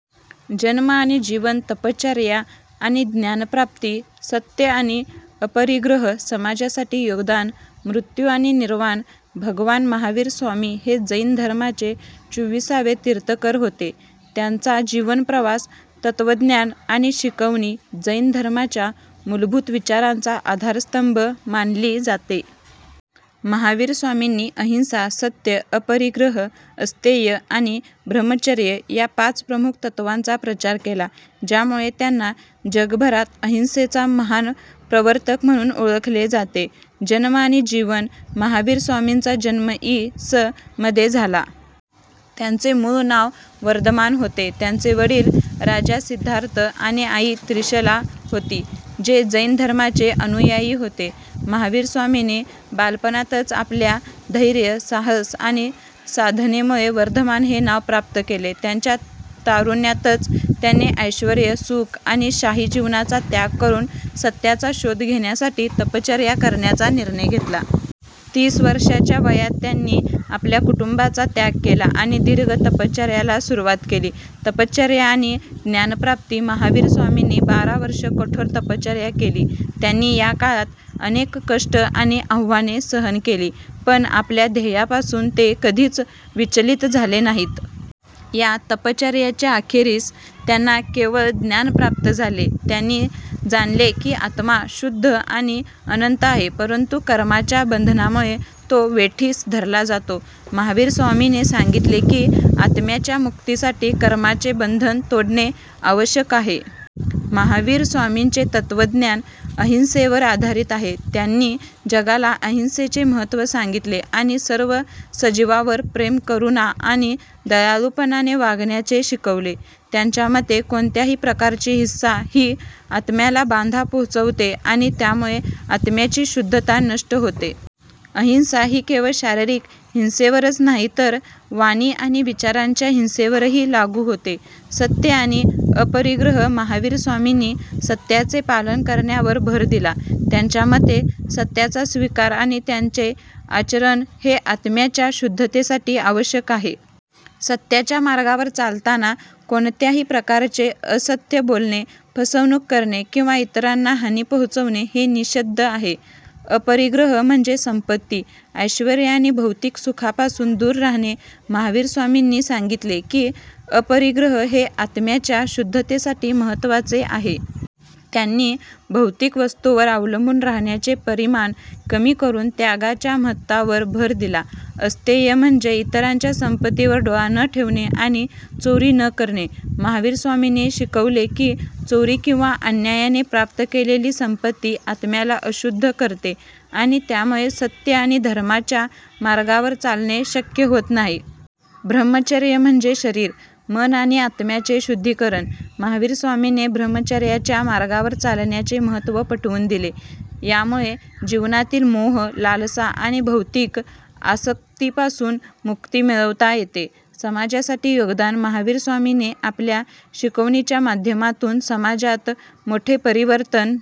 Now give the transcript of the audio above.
जन्म आणि जीवन तपश्चर्या आणि ज्ञानप्राप्ती सत्य आणि अपरिग्रह समाजासाठी योगदान मृत्यू आणि निर्वाण भगवान महावीर स्वामी हे जैन धर्माचे चोविसावे तीर्थंकर होते. त्यांचा जीवन प्रवास, तत्त्वज्ञान आणि शिकवणी जैन धर्माच्या मूलभूत विचारांचा आधारस्तंभ मानली जाते. महावीर स्वामींनी अहिंसा, सत्य, अपरिग्रह, अस्तेय आणि ब्रह्मचर्य या पाच प्रमुख तत्त्वांचा प्रचार केला, ज्यामुळे त्यांना जगभरात अहिंसेचा महान प्रवर्तक म्हणून ओळखले जाते. जन्म आणि जीवन महावीर स्वामींचा जन्म इ. स. मध्ये झाला. त्यांचे मूळ नाव वर्धमान होते. त्यांचे वडील राजा सिद्धार्थ आणि आई त्रिशला होते, जे जैन धर्माचे अनुयायी होते. महावीर स्वामींनी बालपणातच आपल्या धैर्य, साहस आणि साधनेमुळे वर्धमान हे नाव प्राप्त केले. त्यांच्या तारुण्यातच त्यांनी ऐश्वर्य, सुख आणि शाही जीवनाचा त्याग करून सत्याचा शोध घेण्यासाठी तपश्चर्या करण्याचा निर्णय घेतला. तीस वर्षांच्या वयात त्यांनी आपल्या कुटुंबाचा त्याग केला आणि दीर्घ तपश्चर्येला सुरुवात केली. तपश्चर्या आणि ज्ञानप्राप्ती महावीर स्वामींनी बारा वर्षे कठोर तपश्चर्या केली. त्यांनी या काळात अनेक कष्ट आणि आव्हाने सहन केली, पण आपल्या ध्येयापासून ते कधीच विचलित झाले नाहीत. या तपश्चर्येच्या अखेरीस त्यांना केवळज्ञान प्राप्त झाले. त्यांनी जाणले की आत्मा शुद्ध आणि अनंत आहे, परंतु कर्माच्या बंधनामुळे तो वेठीस धरला जातो. महावीर स्वामींनी सांगितले की, आत्म्याच्या मुक्तीसाठी कर्माचे बंधन तोडणे आवश्यक आहे. महावीर स्वामींचे तत्त्वज्ञान अहिंसेवर आधारित आहे. त्यांनी जगाला अहिंसेचे महत्त्व सांगितले आणि सर्व सजीवांवर प्रेम, करुणा आणि दयाळूपणाने वागण्याचे शिकवले. त्यांच्या मते, कोणत्याही प्रकारची हिंसा ही आत्म्याला बाधा पोहोचवते आणि त्यामुळे आत्म्याची शुद्धता नष्ट होते. अहिंसा ही केवळ शारीरिक हिंसेवरच नाही, तर वाणी आणि विचारांच्या हिंसेवरही लागू होते. सत्य आणि अपरिग्रह महावीर स्वामींनी सत्याचे पालन करण्यावर भर दिला. त्यांच्या मते, सत्याचा स्वीकार आणि त्याचे आचरण हे आत्म्याच्या शुद्धतेसाठी आवश्यक आहे. सत्याच्या मार्गावर चालताना कोणत्याही प्रकारचे असत्य बोलणे, फसवणूक करणे किंवा इतरांना हानी पोहोचवणे हे निषिद्ध आहे. अपरिग्रह म्हणजे संपत्ती, ऐश्वर्य आणि भौतिक सुखांपासून दूर राहणे. महावीर स्वामींनी सांगितले की, अपरिग्रह हे आत्म्याच्या शुद्धतेसाठी महत्त्वाचे आहे. त्यांनी भौतिक वस्तूंवर अवलंबून राहण्याचे परिमाण कमी करून त्यागाच्या महत्त्वावर भर दिला. अस्तेय म्हणजे इतरांच्या संपत्तीवर डोळा न ठेवणे आणि चोरी न करणे. महावीर स्वामींनी शिकवले की, चोरी किंवा अन्यायाने प्राप्त केलेली संपत्ती आत्म्याला अशुद्ध करते आणि त्यामुळे सत्य आणि धर्माच्या मार्गावर चालणे शक्य होत नाही. ब्रह्मचर्य म्हणजे शरीर, मन आणि आत्म्याचे शुद्धीकरण. महावीर स्वामींनी ब्रह्मचर्याच्या मार्गावर चालण्याचे महत्त्व पटवून दिले. यामुळे जीवनातील मोह, लालसा आणि भौतिक आसक्तीपासून मुक्ती मिळवता येते. समाजासाठी योगदान महावीर स्वामींनी आपल्या शिकवणींच्या माध्यमातून समाजात मोठे परिवर्तन